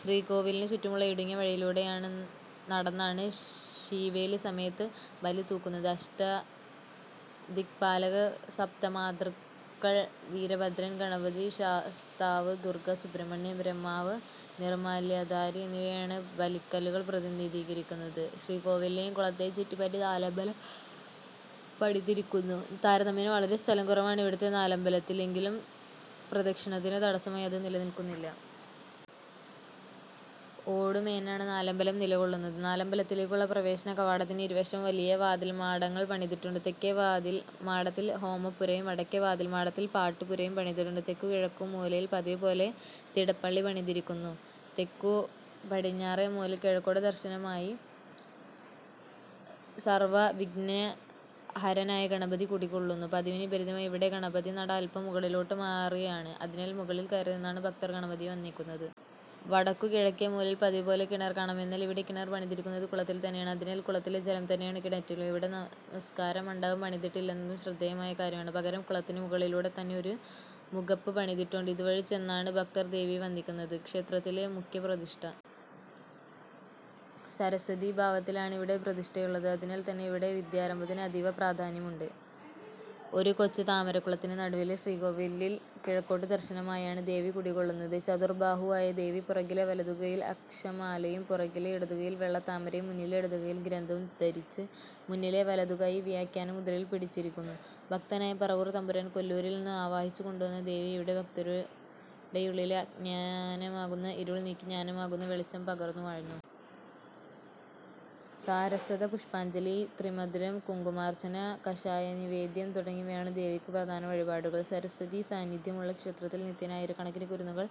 ശ്രീകോവിലിന് ചുറ്റുമുള്ള ഇടുങ്ങിയ വഴിയിലൂടെ നടന്നാണ് ശീവേലിസമയത്ത് ബലിതൂകുന്നത്. അഷ്ടദിക്പാലകർ, സപ്തമാതൃക്കൾ, വീരഭദ്രൻ, ഗണപതി, ശാസ്താവ്, ദുർഗ്ഗ, സുബ്രഹ്മണ്യൻ, ബ്രഹ്മാവ്, നിർമ്മാല്യധാരി എന്നിവരെയാണ് ബലിക്കല്ലുകൾ പ്രതിനിധീകരിയ്ക്കുന്നത്. ശ്രീകോവിലിനെയും കുളത്തെയും ചുറ്റിപ്പറ്റി നാലമ്പലം പണിതിരിയ്ക്കുന്നു. താരതമ്യേന വളരെ സ്ഥലം കുറവാണ് ഇവിടത്തെ നാലമ്പലത്തിൽ. എങ്കിലും പ്രദക്ഷിണത്തിന് തടസ്സമായി അത് നിൽക്കുന്നില്ല. ഓടുമേഞ്ഞാണ് നാലമ്പലം നിലകൊള്ളുന്നത്. നാലമ്പലത്തിലേയ്ക്കുള്ള പ്രവേശനകവാടത്തിന് ഇരുവശവും വലിയ വാതിൽമാടങ്ങൾ പണിതിട്ടുണ്ട്. തെക്കേ വാതിൽമാടത്തിൽ ഹോമപ്പുരയും വടക്കേ വാതിൽമാടത്തിൽ പാട്ടുപുരയും പണിതിട്ടുണ്ട്. തെക്കുകിഴക്കേമൂലയിൽ പതിവുപോലെ തിടപ്പള്ളി പണിതിരിയ്ക്കുന്നു. തെക്കുപടിഞ്ഞാറേമൂലയിൽ കിഴക്കോട്ട് ദർശനമായി സർവ്വവിഘ്നഹരനായ ഗണപതി കുടികൊള്ളുന്നു. പതിവിന് വിപരീതമായി ഇവിടെ ഗണപതിനട അല്പം മുകളിലോട്ടുമാറിയാണ്. അതിനാൽ, മുകളിൽ കയറിനിന്നാണ് ഭക്തർ ഗണപതിയെ വന്ദിയ്ക്കുന്നത്. വടക്കുകിഴക്കേമൂലയിൽ പതിവുപോലെ കിണർ കാണാം. എന്നാൽ, ഇവിടെ കിണർ പണിതിരിയ്ക്കുന്നത് കുളത്തിൽ തന്നെയാണ്! അതിനാൽ, കുളത്തിലെ ജലം തന്നെയാണ് കിണറ്റിലും. ഇവിടെ നമസ്കാരമണ്ഡപം പണിതിട്ടില്ലെന്നതും ശ്രദ്ധേയമായ കാര്യമാണ്. പകരം കുളത്തിന് മുകളിലൂടെത്തന്നെ ഒരു മുഖപ്പ് പണിതിട്ടുണ്ട്. ഇതുവഴി ചെന്നാണ് ഭക്തർ ദേവിയെ വന്ദിയ്ക്കുന്നത്. ക്ഷേത്രത്തിലെ മുഖ്യപ്രതിഷ്ഠ. സരസ്വതീഭാവത്തിലാണ് ഇവിടെ പ്രതിഷ്ഠയുള്ളത്. അതിനാൽ തന്നെ ഇവിടെ വിദ്യാരംഭത്തിന് അതീവപ്രാധാന്യമുണ്ട്. ഒരു കൊച്ചുതാമരക്കുളത്തിന് നടുവിലെ ശ്രീകോവിലിൽ കിഴക്കോട്ട് ദർശനമായാണ് ദേവി കുടികൊള്ളുന്നത്. ചതുർബാഹുവായ ദേവി പുറകിലെ വലതുകയ്യിൽ അക്ഷമാലയും പുറകിലെ ഇടതുകയ്യിൽ വെള്ളത്താമരയും മുന്നിലെ ഇടതുകയ്യിൽ ഗ്രന്ഥവും ധരിച്ച് മുന്നിലെ വലതുകൈ വ്യാഖ്യാനമുദ്രയിൽ പിടിച്ചിരിയ്ക്കുന്നു. ഭക്തനായ പറവൂർ തമ്പുരാൻ കൊല്ലൂരിൽ നിന്ന് ആവാഹിച്ചുകൊണ്ടുവന്ന ദേവി ഇവിടെ ഭക്തരുടെയുള്ളിലെ അജ്ഞാനമാകുന്ന ഇരുൾ നീക്കി ജ്ഞാനമാകുന്ന വെളിച്ചം പകർന്നുവാഴുന്നു. സാരസ്വത പുഷ്പാഞ്ജലി, ത്രിമധുരം, കുങ്കുമാർച്ചന, കഷായനിവേദ്യം തുടങ്ങിയവയാണ് ദേവിയ്ക്ക് പ്രധാന വഴിപാടുകൾ. സരസ്വതീസാന്നിദ്ധ്യമുള്ള ക്ഷേത്രത്തിൽ നിത്യേന ആയിരക്കണക്കിന് കുരുന്നുകൾ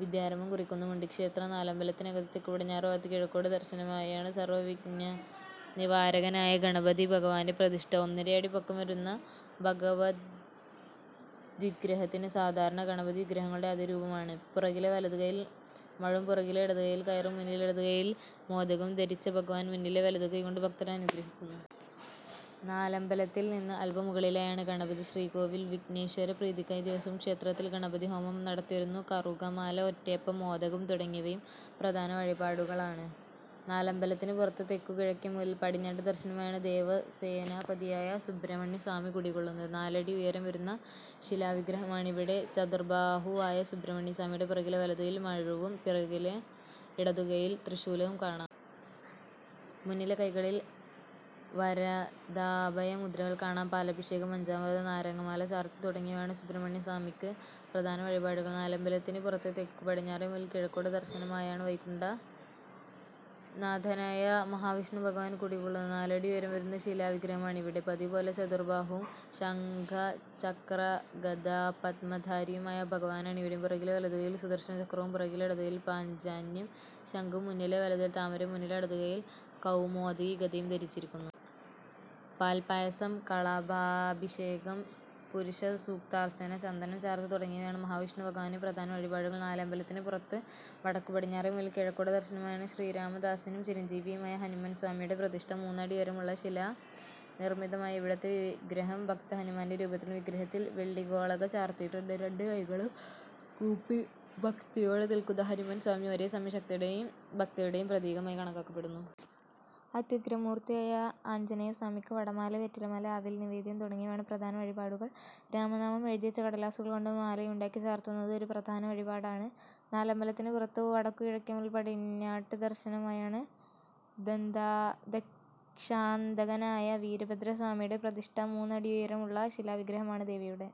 വിദ്യാരംഭം കുറിയ്ക്കുന്നുമുണ്ട്. ക്ഷേത്രനാലമ്പലത്തിനകത്ത് തെക്കുപടിഞ്ഞാറുഭാഗത്ത് കിഴക്കോട്ട് ദർശനമായാണ് സർവ്വവിഘ്നനിവാരകനായ ഗണപതിഭഗവാന്റെ പ്രതിഷ്ഠ. ഒന്നരയടി പൊക്കം വരുന്ന ഭഗവദ്വിഗ്രഹത്തിന് സാധാരണ ഗണപതിവിഗ്രഹങ്ങളുടെ അതേ രൂപമാണ്. പുറകിലെ വലതുകയ്യിൽ മഴുവും പുറകിലെ ഇടതുകയ്യിൽ കയറും മുന്നിലെ ഇടതുകയ്യിൽ മോദകവും ധരിച്ച ഭഗവാൻ മുന്നിലെ വലതുകൈ കൊണ്ട് ഭക്തരെ അനുഗ്രഹിയ്ക്കുന്നു. നാലമ്പലത്തിൽ നിന്ന് അല്പം മുകളിലായാണ് ഗണപതിശ്രീകോവിൽ. വിഘ്നേശ്വരപ്രീതിയ്ക്കായി ദിവസവും ക്ഷേത്രത്തിൽ ഗണപതിഹോമം നടത്തിവരുന്നു. കറുകമാല, ഒറ്റയപ്പം, മോദകം തുടങ്ങിയവയും പ്രധാനവഴിപാടുകളാണ്. നാലമ്പലത്തിന് പുറത്ത് തെക്കുകിഴക്കേമൂലയിൽ പടിഞ്ഞാട്ട് ദർശനമായാണ് ദേവസേനാപതിയായ സുബ്രഹ്മണ്യസ്വാമി കുടികൊള്ളുന്നത്. നാലടി ഉയരം വരുന്ന ശിലാവിഗ്രഹമാണിവിടെ. ചതുർബാഹുവായ സുബ്രഹ്മണ്യസ്വാമിയുടെ പുറകിലെ വലതുകയ്യിൽ മഴുവും പുറകിലെ ഇടതുകയ്യിൽ ത്രിശൂലവും കാണാം. മുന്നിലെ കൈകളിൽ വരദാഭയമുദ്രകൾ കാണാം. പാലഭിഷേകം, പഞ്ചാമൃതം, നാരങ്ങാമാല ചാർത്തൽ തുടങ്ങിയവയാണ് സുബ്രഹ്മണ്യസ്വാമിയ്ക്ക് പ്രധാന വഴിപാടുകൾ. നാലമ്പലത്തിന് പുറത്ത് തെക്കുപടിഞ്ഞാറേമൂലയിൽ കിഴക്കോട്ട് ദർശനമായാണ് വൈകുണ്ഠനാഥനായ മഹാവിഷ്ണുഭഗവാൻ കുടികൊള്ളുന്നത്. നാലടി ഉയരം വരുന്ന ശിലാവിഗ്രഹമാണിവിടെ. പതിവുപോലെ ചതുർബാഹുവും ശംഖചക്രഗദാപദ്മധാരിയുമായ ഭഗവാനാണ് ഇവിടെയും. പുറകിലെ വലതുകയ്യിൽ സുദർശനചക്രവും പുറകിലെ ഇടതുകയ്യിൽ പാഞ്ചജന്യം ശംഖും മുന്നിലെ വലതുകയ്യിൽ താമരയും മുന്നിലെ ഇടതുകയ്യിൽ കൗമോദകി ഗദയും ധരിച്ചിരിയ്ക്കുന്നു. പാൽപ്പായസം, കളഭാഭിഷേകം, പുരുഷസൂക്താർച്ചന, ചന്ദനം ചാർത്ത് തുടങ്ങിയവയാണ് മഹാവിഷ്ണുഭഗവാന് പ്രധാന വഴിപാടുകൾ. നാലമ്പലത്തിന് പുറത്ത് വടക്കുപടിഞ്ഞാറേമൂലയിൽ കിഴക്കോട്ട് ദർശനമായാണ് ശ്രീരാമദാസനും ചിരഞ്ജീവിയുമായ ഹനുമാൻസ്വാമിയുടെ പ്രതിഷ്ഠ. മൂന്നടി ഉയരമുള്ള ശിലാനിർമ്മിതമായ ഇവിടത്തെ വിഗ്രഹം ഭക്തഹനുമാന്റെ രൂപത്തിലാണ്. വിഗ്രഹത്തിൽ വെള്ളിഗോളക ചാർത്തിയിട്ടുണ്ട്. രണ്ടുകൈകളും കൂപ്പി ഭക്തിയോടെ നിൽക്കുന്ന ഹനുമാൻ സ്വാമി ഒരേ സമയം ശക്തിയുടെയും ഭക്തിയുടെയും പ്രതീകമായി കണക്കാക്കപ്പെടുന്നു. അത്യുഗ്രമൂർത്തിയായ ആഞ്ജനേയസ്വാമിയ്ക്ക് വടമാല, വെറ്റിലമാല, അവിൽ നിവേദ്യം തുടങ്ങിയവയാണ് പ്രധാന വഴിപാടുകൾ. രാമനാമം എഴുതിവച്ച കടലാസുകൾ കൊണ്ട് മാലയുണ്ടാക്കി ചാർത്തുന്നതും ഒരു പ്രധാന വഴിപാടാണ്. നാലമ്പലത്തിന് പുറത്ത് വടക്കുകിഴക്കേമൂലയിൽ പടിഞ്ഞാട്ട് ദർശനമായാണ് ദക്ഷാന്തകനായ വീരഭദ്രസ്വാമിയുടെ പ്രതിഷ്ഠ. മൂന്നടി ഉയരമുള്ള ശിലാവിഗ്രഹമാണ്. ദേവിയുടെ